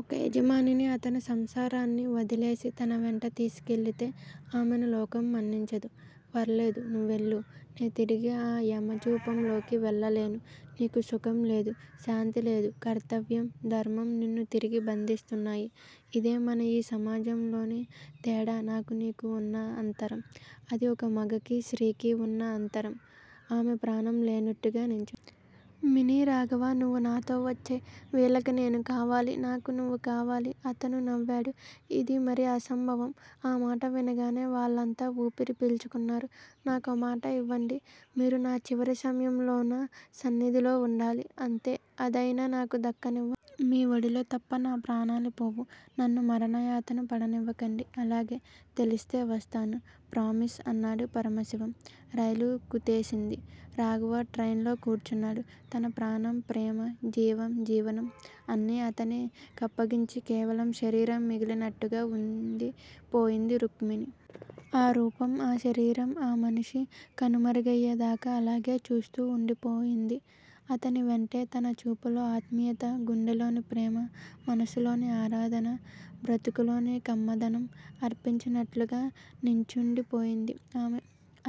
ఒక యజమానిని, అతని సంసారాన్ని వొదిలేసి తన వెంట తీసికెళితే ఆమెని లోకం మన్నించదు. ఫర్లేదు నువెళ్ళు, నే తిరిగి ఆ యమ జూపం లోకి వెళ్ళలేను. నీకు సుఖం లేదు. శాంతి లేదు. కర్తవ్యం, ధర్మం, నిన్ను తిరిగి బందిస్తున్నాయి. ఇదే మన యీ సమాజంలోని తేడా నాకు నీకు ఉన్న అంతరం, అది ఒక మగకి, స్త్రీ కి వున్న అంతరం ఆమె ప్రాణం లేనట్టుగా నించుంది. మినీ రాఘవా! నువు నాతో వచ్చేయ్. వీళ్ళకి నేను కావాలి. నాకు నువ్వు కావాలి. అతను నవ్వాడు. ఇది మరీ అసంభవం. ఆ మాట వినగానే వాళ్ళంతా ఉపిరి పీల్చుకున్నారు. నాకో మాట ఇవ్వండి! మీరు నా చివరి సమయంలోనా సన్నిధిలో ఉండాలి. అంతే! అదయినా నాకు దక్కనివండి. మీ ఒడిలో తప్ప నా ప్రాణాలు పోవు. నన్ను మరణయతను పడనివకండి! అలాగే! తెలిస్తే వస్తాను. ప్రామిస్! అన్నాడు పరమశివం. రైలు కుతేసింది రాఘవ ట్రెయిన్ లో కూర్చున్నాడు. తన ప్రాణం, ప్రేమ జీవం జీవనం అన్నీ అతని కప్పగించి కేవలం శరీరం మిగిలినట్టుగా ఉంది పోయింది రుక్మిణి. ఆ రూపం, ఆ శరీరం, ఆ మనిషి కనుమరుగయ్యే దాక అలాగే చూస్తూ ఉండిపోయింది. అతని వెంటే తన చూపులో ఆత్మీయత, గుండెలోని ప్రేమ, మనస్సులోని ఆరాధన, బ్రతుకులోని కమ్మదనం, అర్పించినట్టుగా నించుండిపోయింది ఆమె.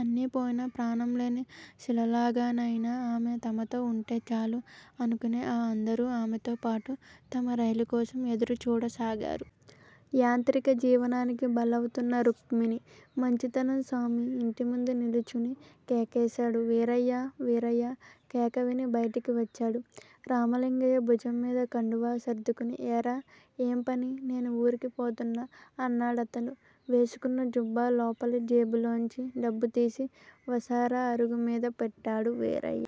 అన్ని పోయినా, ప్రాణం లేని శిలలాగానయిన ఆమె తమతో ఉంటె చాలు అనుకునే ఆ అందరూ ఆమెతో పాటు తమ రైలు కోసం ఎదురు చూడసాగారు. యాంత్రిక జీవనానికి బలవుతున్న రుక్మిణి. మంచితనం సామి! ఇంటిముందు నిలుచుని కేకేశాడు వీరయ్య! వీరయ్య కేకేవిని బయటికి వచ్చాడు రామలింగయ్య భుజం మీద కండువా సర్దుకుని ఏరా! ఏం పని నేను ఊరికి పోతున్నా అన్నాడతను. వేసుకున్న జుబ్బా లోపలి జేబులోంచి డబ్బు తీసి వసారా అరుగు మీద పెట్టాడు వీరయ్య.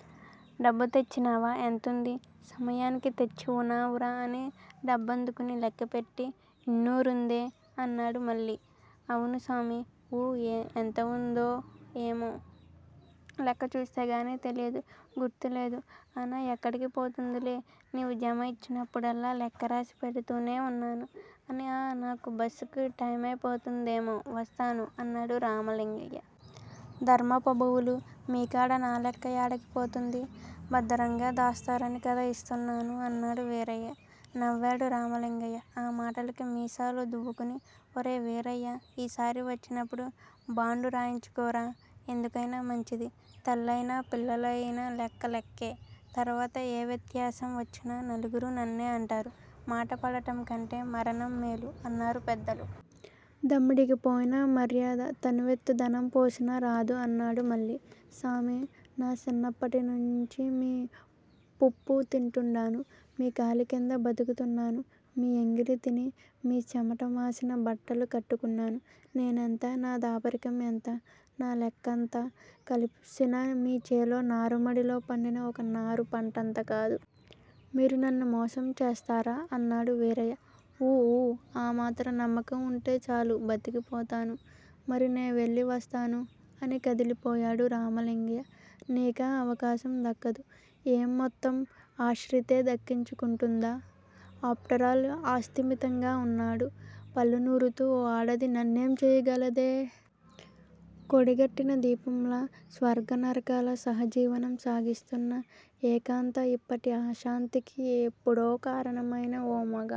డబ్బు తెచ్చినావా? ఎంతుంది? సమయానికి తెచ్చివ్నావురా? అని డబ్బందుకుని లెక్కపెట్టి ఇన్నురుందే అన్నాడు మళ్ళీ. అవును సామీ ఊ ఎంతయిందో ఏమో? లెక్క చూస్తే కానీ తెలియదు గుర్తు లేదు. అయినా ఎక్కడికి పోతుందిలే. నీవు జమ యిచ్చినప్పుడల్లా లేక్కరాసి పెడుతూనే వున్నాను అని ఆ నాకు బస్సుకు టైమైతుందేమో వస్తాను అన్నాడు రామలింగయ్య. ధర్మ పభువులు, మీ కాడ నా లెక్క యాడికి పోతుంది. బద్దరంగా దాస్తారని కదా యిస్తున్నాను అన్నాడు వీరయ్య. నవ్వాడు రామలింగయ్య. ఆ మాటలకి. మీసాలు దువ్వుకుని ఒరే వీరయ్య! ఈసారి వచ్చినపుడు బాండు రాయించుకోరా. ఎందుకయినా మంచిది. తల్లయినా, పిల్లయినా లెక్క లెక్కే! తర్వాత ఏ వ్యత్యాసం వచ్చినా నలుగురు నన్నే అంటారు మాట పడటం కంటే మరణం మేలు అన్నారు పెద్దలు. దమ్మిడికి పోయిన మర్యాద తనువెత్తు ధనం పోసినా రాదు అన్నాడు మళ్ళీ. సామీ! నా సిన్నప్పటి నుంచి మీ పుప్పు తింటుండాను. మీ కాలి కింద బతుకుతున్నాను. మీ ఎంగిలి తిని, మీ చెమట మాసిన బట్ట కట్టుకున్నాను. నేనెంత? నా దాపరికం ఎంత? నా లెక్కంతా కలిసినా మీ చేలో నారుమడిలో పండిన ఒక నారు పంటంత కాదు. మీరు నన్ను మోసం చేస్తారా? అన్నాడు వీరయ్య. ఊఊ ఆ మాత్రం నమ్మకం ఉంటే చాలు బతికిపోతాను. మరీ నే వెళ్ళి వస్తాను అని కదిలిపోయాడు రామలింగయ్య. నీకా అవకాశం దక్కదు ఏం మొత్తం ఆశ్రితే దక్కించుకుంటుందా? ఆప్టరాల్ అస్థిమితంగా అన్నాడు పళ్ళునూరుతూ ఓ ఆడది నన్నేం చెయ్యగలదే. కొడిగట్టిన దీపంలా స్వర్గ నరకాల సహజీవనం సాగిస్తున్న ఏకాంత యిప్పటి అశాంతికి ఎప్పుడో కారణమయిన ఓ మగాడు